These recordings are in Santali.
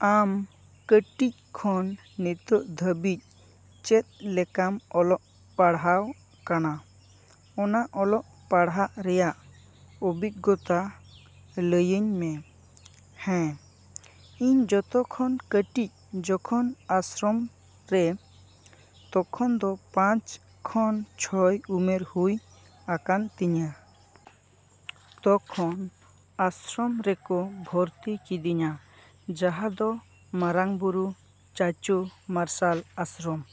‎ᱟᱢ ᱠᱟᱹᱴᱤᱡ ᱠᱷᱚᱱ ᱱᱤᱛᱚᱜ ᱫᱷᱟᱹᱵᱤᱡ ᱪᱮᱫ ᱞᱮᱠᱟᱢ ᱚᱞᱚᱜ ᱯᱟᱲᱦᱟᱣ ᱠᱟᱱᱟ? ᱚᱱᱟ ᱚᱞᱚᱜ ᱯᱟᱲᱦᱟᱜ ᱨᱮᱭᱟᱜ ᱚᱵᱷᱤᱜᱽᱜᱚᱛᱟ ᱞᱟᱹᱭᱟᱹᱧ ᱢᱮ᱾ ᱦᱮᱸ, ᱤᱧ ᱡᱚᱛᱚ ᱠᱷᱚᱱ ᱠᱟᱹᱴᱤᱡ ᱡᱚᱠᱷᱚᱱ ᱟᱥᱨᱚᱢ ᱨᱮ, ᱛᱚᱠᱷᱚᱱ ᱫᱚ ᱯᱟᱸᱪ ᱠᱷᱚᱱ ᱪᱷᱚᱭ ᱩᱢᱮᱨ ᱦᱩᱭ ᱟᱠᱟᱱ ᱛᱤᱧᱟ᱾ ᱛᱚᱠᱷᱚᱱ ᱟᱥᱨᱚᱢ ᱨᱮᱠᱚ ᱵᱷᱚᱨᱛᱤ ᱠᱤᱫᱤᱧᱟ, ᱡᱟᱦᱟᱸ ᱫᱚ ᱢᱟᱨᱟᱝᱵᱩᱨᱩ ᱪᱟᱪᱳ ᱢᱟᱨᱥᱟᱞ ᱟᱥᱨᱚᱢ᱾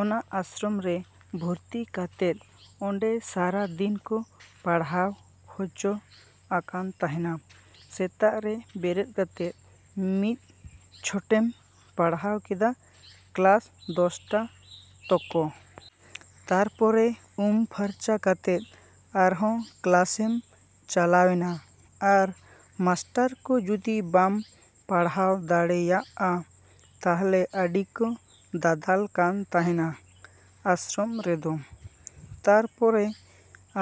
ᱚᱱᱟ ᱟᱥᱨᱚᱢ ᱨᱮ ᱵᱷᱚᱨᱛᱤ ᱠᱟᱛᱮᱫ ᱚᱸᱰᱮ ᱥᱟᱨᱟ ᱫᱤᱱ ᱠᱚ ᱯᱟᱲᱦᱟᱣ ᱦᱚᱪᱚ ᱟᱠᱟᱱ ᱛᱟᱦᱮᱱᱟ᱾ ᱥᱮᱛᱟᱜ ᱨᱮ ᱵᱮᱨᱮᱫ ᱠᱟᱛᱮᱫ ᱢᱤᱫ ᱪᱷᱚᱴᱮᱢ ᱯᱟᱲᱦᱟᱣ ᱠᱮᱫᱟ, ᱠᱞᱟᱥ ᱫᱚᱥᱴᱟ ᱛᱚᱠᱚ᱾ ᱛᱟᱨᱯᱚᱨᱮ ᱩᱢ ᱯᱷᱟᱨᱪᱟ ᱠᱟᱛᱮᱫ ᱟᱨᱦᱚᱸ ᱠᱞᱟᱥᱮᱢ ᱪᱟᱞᱟᱣᱮᱱᱟ᱾ ᱟᱨ ᱢᱟᱥᱴᱟᱨ ᱠᱚ ᱡᱩᱫᱤ ᱵᱟᱢ ᱯᱟᱲᱦᱟᱣ ᱫᱟᱲᱮᱭᱟᱜᱼᱟ, ᱛᱟᱦᱞᱮ ᱟᱹᱰᱤ ᱠᱚ ᱫᱟᱞᱟᱞ ᱠᱟᱱ ᱛᱟᱦᱮᱱᱟ ᱟᱥᱨᱚᱢ ᱨᱮᱫᱚ᱾ ᱛᱟᱨᱯᱚᱨᱮ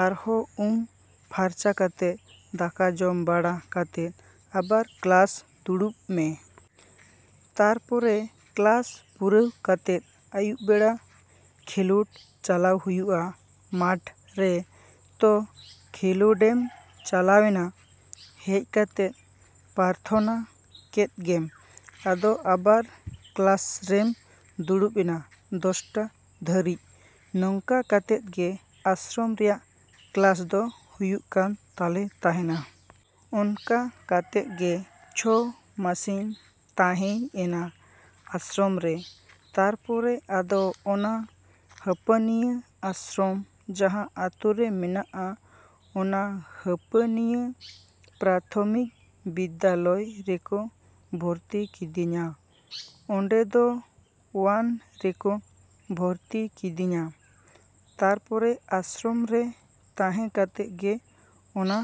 ᱟᱨᱦᱚᱸ ᱩᱢ ᱯᱷᱟᱨᱪᱟ ᱠᱟᱛᱮᱫ, ᱫᱟᱠᱟ ᱡᱚᱢ ᱵᱟᱲᱟ ᱠᱟᱛᱮᱫ ᱟᱵᱟᱨ ᱠᱞᱟᱥ ᱫᱩᱲᱩᱵ ᱢᱮ᱾ ᱛᱟᱨᱯᱚᱨᱮ ᱠᱞᱟᱥ ᱯᱩᱨᱟᱹᱣ ᱠᱟᱛᱮᱫ ᱟᱹᱭᱩᱵ ᱵᱮᱲᱟ ᱠᱷᱮᱞᱳᱰ ᱪᱟᱞᱟᱣ ᱦᱩᱭᱩᱜᱼᱟ ᱢᱟᱴᱷᱨᱮ᱾ ᱛᱚ ᱠᱷᱮᱞᱳᱰᱮᱢ ᱪᱟᱞᱟᱣᱮᱱᱟ, ᱦᱮᱡ ᱠᱟᱛᱮᱫ ᱯᱟᱨᱛᱷᱚᱱᱟ ᱠᱮᱫ ᱜᱮᱢ᱾ ᱟᱫᱚ ᱟᱵᱟᱨ ᱠᱞᱟᱥ ᱨᱮᱢ ᱫᱩᱲᱩᱵ ᱮᱱᱟ ᱫᱚᱥᱴᱟ ᱫᱷᱟ.ᱨᱤᱡ᱾ ᱱᱚᱝᱠᱟ ᱠᱟᱛᱮᱫ ᱜᱮ ᱟᱥᱨᱚᱢ ᱨᱮᱭᱟᱜ ᱠᱞᱟᱥ ᱫᱚ ᱦᱩᱭᱩᱜ ᱠᱟᱱ ᱛᱟᱞᱮ ᱛᱟᱦᱮᱱᱟ᱾ ᱚᱱᱠᱟ ᱠᱟᱛᱮᱫ ᱜᱮ ᱪᱷᱚ ᱢᱟᱥᱤᱧ ᱛᱟᱦᱮᱸᱭ ᱮᱱᱟ ᱟᱥᱨᱚᱢ ᱨᱮ᱾ ᱛᱟᱨᱯᱚᱨᱮ ᱟᱫᱚ ᱚᱱᱟ ᱦᱟᱹᱯᱟᱹᱱᱤᱭᱟᱹ ᱟᱥᱨᱚᱢ ᱡᱟᱦᱟᱸ ᱟᱛᱳ ᱨᱮ ᱢᱮᱱᱟᱜᱼᱟ, ᱚᱱᱟ ᱦᱟᱹᱯᱟᱹᱱᱤᱭᱟᱹ ᱯᱨᱟᱛᱷᱚᱢᱤᱠ ᱵᱤᱫᱽᱫᱟᱞᱚᱭ ᱨᱮᱠᱚ ᱵᱷᱚᱨᱛᱤ ᱠᱤᱫᱤᱧᱟ᱾ ᱚᱸᱰᱮ ᱫᱚ ᱚᱣᱟᱱ ᱨᱮᱠᱚ ᱵᱷᱚᱨᱛᱤ ᱠᱤᱫᱤᱧᱟ᱾ ᱛᱟᱨᱯᱚᱨᱮ ᱟᱥᱨᱚᱢ ᱨᱮ ᱛᱟᱦᱮᱸ ᱠᱟᱛᱮᱫ ᱜᱮ ᱚᱱᱟ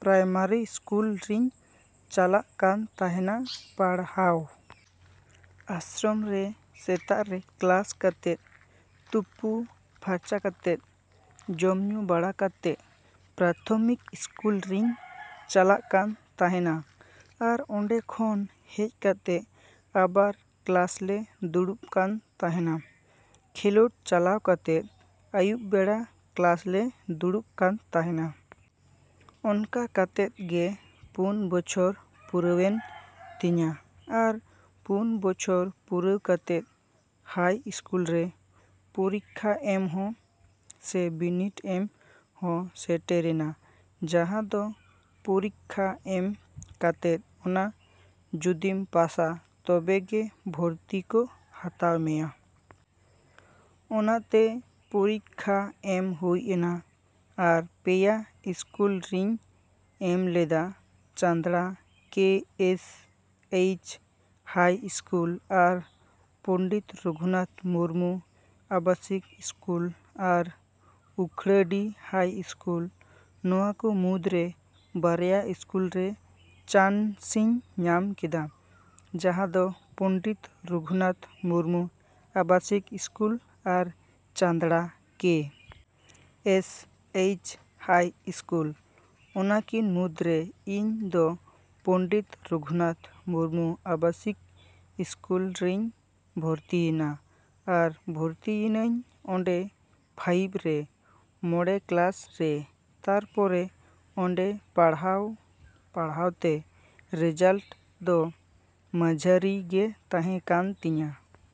ᱯᱨᱟᱭᱢᱟᱨᱤ ᱥᱠᱩᱞ ᱨᱤᱧ ᱪᱟᱞᱟᱜ ᱠᱟᱱ ᱛᱟᱦᱮᱱᱟ ᱯᱟᱲᱦᱟᱣ᱾ ᱟᱥᱨᱚᱢ ᱨᱮ ᱥᱮᱛᱟᱜ ᱨᱮ ᱠᱞᱟᱥ ᱠᱟᱛᱮᱫ, ᱛᱩᱯᱩ ᱯᱷᱟᱨᱪᱟ ᱠᱟᱛᱮᱫ, ᱡᱚᱢ ᱧᱩ ᱵᱟᱲᱟ ᱠᱟᱛᱮᱫ ᱯᱨᱟᱛᱷᱚᱢᱤᱠ ᱤᱥᱠᱩᱞ ᱨᱤᱧ ᱪᱟᱞᱟᱜ ᱠᱟᱱ ᱛᱟᱦᱮᱱᱟ᱾ ᱟᱨ ᱚᱸᱰᱮ ᱠᱷᱚᱱ ᱦᱮᱡ ᱠᱟᱛᱮᱫ ᱟᱵᱟᱨ ᱠᱞᱟᱥ ᱞᱮ ᱫᱩᱲᱩᱵ ᱠᱟᱱ ᱛᱟᱦᱮᱱᱟ᱾ ᱠᱷᱮᱞᱳᱰ ᱪᱟᱞᱟᱣ ᱠᱟᱛᱮᱫ ᱟᱹᱭᱩᱵ ᱵᱮᱲᱟ ᱠᱞᱟᱥ ᱞᱮ ᱫᱩᱲᱩᱵ ᱠᱟᱱ ᱛᱟᱦᱮᱱᱟ᱾ ᱚᱱᱠᱟ ᱠᱟᱛᱮᱫ ᱜᱮ ᱯᱩᱱ ᱵᱚᱪᱷᱚᱨ ᱯᱩᱨᱟᱹᱣᱮᱱ ᱛᱤᱧᱟ᱾ ᱟᱨ ᱯᱩᱱ ᱵᱚᱪᱷᱚᱨ ᱯᱩᱨᱟᱹᱣ ᱠᱟᱛᱮᱫ ᱦᱟᱭ ᱤᱥᱠᱩᱞ ᱨᱮ ᱯᱚᱨᱤᱠᱠᱷᱟ ᱮᱢ ᱦᱚᱸ ᱥᱮ ᱵᱤᱱᱤᱰ ᱮᱢ ᱦᱚᱸ ᱥᱮᱴᱮᱨᱮᱱᱟ, ᱡᱟᱦᱟᱸ ᱫᱚ ᱯᱚᱨᱤᱠᱠᱷᱟ ᱮᱢ ᱠᱟᱛᱮᱫ ᱚᱱᱟ ᱡᱩᱫᱤᱢ ᱯᱟᱥᱟ ᱛᱚᱵᱮ ᱜᱮ ᱵᱷᱚᱨᱛᱤ ᱠᱚ ᱦᱟᱛᱟᱣ ᱢᱮᱭᱟ, ᱾ ᱚᱱᱟᱛᱮ ᱯᱚᱨᱤᱠᱠᱷᱟ ᱮᱢ ᱦᱩᱭ ᱮᱱᱟ᱾ ᱟᱨ ᱯᱮᱭᱟ ᱤᱥᱠᱩᱞ ᱨᱤᱧ ᱮᱢ ᱞᱮᱫᱟ Chandra K. S. H. High school, ᱟᱨ ᱯᱚᱱᱰᱤᱛ ᱨᱩᱜᱷᱩᱱᱟᱛᱷ ᱢᱩᱨᱢᱩ ᱟᱵᱟᱥᱤᱠ ᱤᱥᱠᱩᱞ, ᱟᱨ ᱩᱠᱷᱲᱟᱹᱰᱤ ᱦᱟᱭ ᱤᱥᱠᱩᱞ᱾ ᱱᱚᱣᱟ ᱠᱚ ᱢᱩᱫᱽᱨᱮ ᱵᱟᱨᱭᱟ ᱤᱥᱠᱩᱞ ᱨᱮ ᱪᱟᱱᱥᱤᱧ ᱧᱟᱢ ᱠᱮᱫᱟ, ᱡᱟᱦᱟᱸ ᱫᱚ ᱯᱚᱱᱰᱤᱛ ᱨᱚᱜᱷᱩᱱᱟᱛᱷ ᱢᱩᱨᱢᱩ ᱟᱵᱟᱥᱤᱠ ᱤᱥᱠᱩᱞ ᱟᱨ Chandra K. S. H. High school. ᱚᱱᱟ ᱠᱤᱱ ᱢᱩᱫᱽᱨᱮ ᱤᱧ ᱫᱚ ᱯᱚᱱᱰᱤᱛ ᱨᱩᱜᱷᱩᱱᱟᱛᱷ ᱢᱩᱨᱢᱩ ᱟᱵᱟᱥᱤᱠ ᱤᱥᱠᱩᱞ ᱨᱤᱧ ᱵᱷᱚᱨᱛᱤᱭᱮᱱᱟ᱾ ᱟᱨ ᱵᱷᱚᱨᱛᱤᱭᱮᱱᱟᱹᱧ ᱚᱸᱰᱮ ᱯᱷᱟᱭᱤᱵᱷ ᱨᱮ, ᱢᱚᱬᱮ ᱠᱞᱟᱥ ᱨᱮ᱾ ᱛᱟᱨᱯᱚᱨᱮ ᱚᱸᱰᱮ ᱯᱟᱲᱦᱟᱣᱼᱯᱟᱲᱦᱟᱣᱛᱮ ᱨᱮᱡᱟᱞᱴ ᱫᱚ ᱢᱟᱡᱷᱟᱨᱤ ᱜᱮ ᱛᱟᱦᱮᱸ ᱠᱟᱱ ᱛᱤᱧᱟ᱾